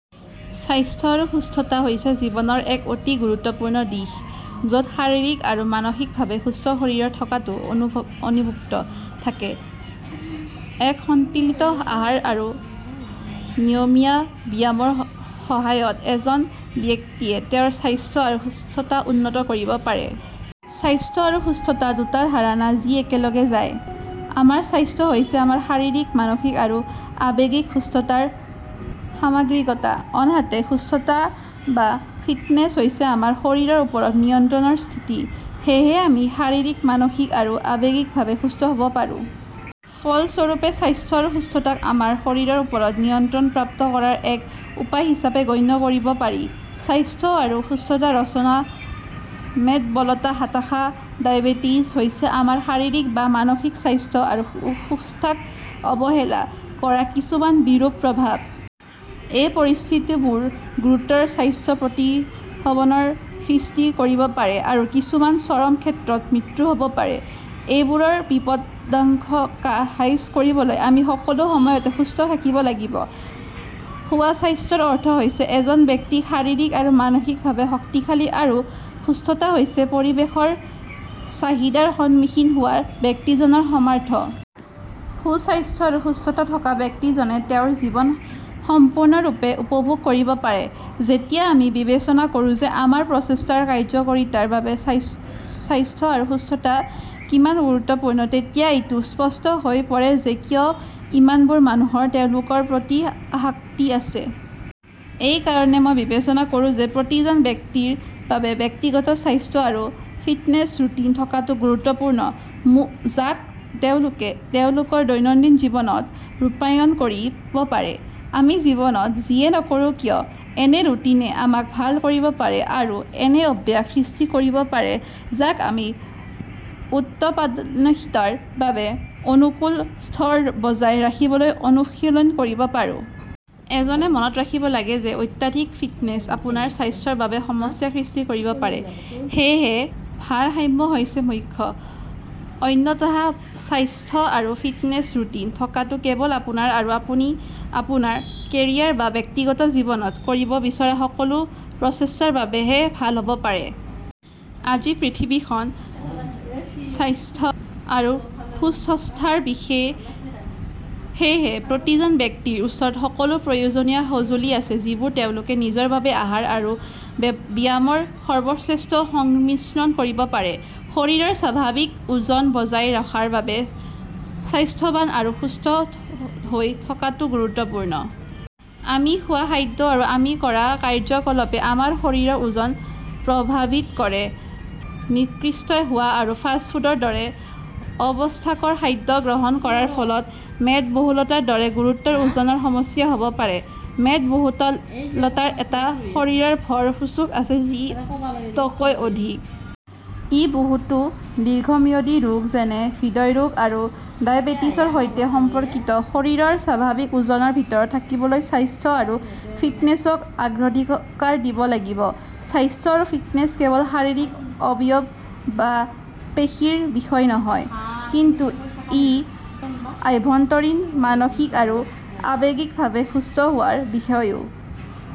স্বাস্থ্য আৰু সুস্থতা হৈছে জীৱনৰ এক অতি গুৰুত্বপূৰ্ণ দিশ য'ত শাৰীৰিক আৰু মানসিকভাৱে সুস্থ শৰীৰ থকাটো অন্তৰ্ভুক্ত থাকে। এক সন্তুলিত আহাৰ আৰু নিয়মীয়া ব্যায়ামৰ সহায়ত এজন ব্যক্তিয়ে তেওঁৰ স্বাস্থ্য আৰু সুস্থতা উন্নত কৰিব পাৰে। স্বাস্থ্য আৰু সুস্থতা দুটা ধাৰণা যি একেলগে যায়। আমাৰ স্বাস্থ্য হৈছে আমাৰ শাৰীৰিক, মানসিক আৰু আৱেগিক সুস্থতাৰ সামগ্ৰিকতা। আনহাতে, সুস্থতা বা ফিটনেছ হৈছে আমাৰ শৰীৰৰ ওপৰত নিয়ন্ত্ৰণৰ স্থিতি। সেয়েহে, আমি শাৰীৰিক, মানসিক আৰু আৱেগিকভাৱে সুস্থ হ'ব পাৰোঁ। ফলস্বৰূপে, স্বাস্থ্য আৰু সুস্থতাক আমাৰ শৰীৰৰ ওপৰত নিয়ন্ত্ৰণ প্ৰাপ্ত কৰাৰ এক উপায় হিচাপে গণ্য কৰিব পাৰি। স্বাস্থ্য আৰু সুস্থতা ৰচনা মেদবহুলতা, হতাশা, ডায়েবেটিচ হৈছে আমাৰ শাৰীৰিক বা মানসিক স্বাস্থ্য আৰু সুস্থতাক অৱহেলা কৰাৰ কিছুমান বিৰূপ প্ৰভাৱ। এই পৰিস্থিতিবোৰে গুৰুতৰ স্বাস্থ্য প্ৰত্যাহ্বানৰ সৃষ্টি কৰিব পাৰে আৰু কিছুমান চৰম ক্ষেত্ৰত মৃত্যু হ'ব পাৰে। এইবোৰৰ বিপদাশংকা হ্ৰাস কৰিবলৈ আমি সকলো সময়তে সুস্থ থাকিব লাগিব। সুস্বাস্থ্যৰ অৰ্থ হৈছে এজন ব্যক্তি শাৰীৰিক আৰু মানসিকভাৱে শক্তিশালী আৰু সুস্থতা হৈছে পৰিৱেশৰ চাহিদাৰ সন্মুখীন হোৱাৰ ব্যক্তিজনৰ সামৰ্থ্য। সুস্বাস্থ্য আৰু সুস্থতা থকা ব্যক্তিজনে তেওঁৰ জীৱন সম্পূৰ্ণৰূপে উপভোগ কৰিব পাৰে। যেতিয়া আমি বিবেচনা কৰোঁ যে আমাৰ প্ৰচেষ্টাৰ কাৰ্যকৰীতাৰ বাবে স্বাস্থ্য আৰু সুস্থতা কিমান গুৰুত্বপূৰ্ণ, তেতিয়া এইটো স্পষ্ট হৈ পৰে যে কিয় ইমান বোৰ মানুহৰ তেওঁলোকৰ প্ৰতি আসক্তি আছে। এইকাৰণে মই বিবেচনা কৰোঁ যে প্ৰতিজন ব্যক্তিৰ বাবে ব্যক্তিগত স্বাস্থ্য আৰু ফিটনেছ ৰুটিন থকাটো গুৰুত্বপূৰ্ণ যাক তেওঁলোকে তেওঁলোকৰ দৈনন্দিন জীৱনত ৰূপায়ণ কৰিব পাৰে। আমি জীৱনত যিয়েই নকৰোঁ কিয় এনে ৰুটিনে আমাক ভাল কৰিব পাৰে আৰু এনে অভ্যাস সৃষ্টি কৰিব পাৰে যাক আমি উৎপাদনশীলতাৰ এক অনুকূল স্তৰ বজাই ৰাখিবলৈ অনুশীলন কৰিব পাৰোঁ। এজনে মনত ৰাখিব লাগিব যে অত্যাধিক ফিটনেছে আপোনাৰ স্বাস্থ্যৰ বাবে সমস্যা সৃষ্টি কৰিব পাৰে, সেয়েহে ভাৰসাম্য হৈছে মুখ্য। অন্যথা স্বাস্থ্য আৰু ফিটনেছ ৰুটিন থকাটো কেৱল আপোনাৰ আৰু আপুনি আপোনাৰ কেৰিয়াৰ বা ব্যক্তিগত জীৱনত কৰিব বিচৰা সকলো প্ৰচেষ্টাৰ বাবে হে ভাল হ'ব পাৰে। আজিৰ পৃথিৱীখন স্বাস্থ্য আৰু সুস্থতাৰ বিষয়ে সেয়েহে প্ৰতিজন ব্যক্তিৰ ওচৰত সকলো প্ৰয়োজনীয় সঁজুলি আছে যিবোৰ তেওঁলোকে নিজৰ বাবে আহাৰ আৰু ব্যায়ামৰ সৰ্বশ্ৰেষ্ঠ সংমিশ্ৰণ কৰিব পাৰে। শৰীৰৰ স্বাভাৱিক ওজন বজাই ৰখাৰ বাবে স্বাস্থ্যৱান আৰু সুস্থ হৈ থকাটোও গুৰুত্বপূৰ্ণ। আমি খোৱা খাদ্য আৰু আমি কৰা কাৰ্যকলাপে আমাৰ শৰীৰৰ ওজন প্ৰভাৱিত কৰে। নিষ্ক্ৰিয় হোৱা আৰু ফাষ্ট ফুডৰ দৰে অস্বাস্থ্যকৰ খাদ্য গ্ৰহণ কৰাৰ ফলত মেদবহুলতাৰ দৰে গুৰুতৰ ওজনৰ সমস্যা হ'ব পাৰে। মেদবহুলতাৰ এটা শৰীৰৰ ভৰ সূচক আছে যি তকৈ অধিক। ই বহুতো দীৰ্ঘম্যাদী ৰোগ যেনে হৃদৰোগ আৰু ডায়েবেটিচৰ সৈতে সম্পৰ্কিত। শৰীৰৰ স্বাভাৱিক ওজনৰ ভিতৰত থাকিবলৈ, স্বাস্থ্য আৰু ফিটনেছক অগ্ৰাধিকাৰ দিব লাগিব। স্বাস্থ্য আৰু ফিটনেছ কেৱল শাৰীৰিক অবয়ব বা পেশীৰ বিষয়ে নহয়, কিন্তু ই আভ্যন্তৰীণ, মানসিক আৰু আৱেগিকভাৱে সুস্থ হোৱাৰ বিষয়েও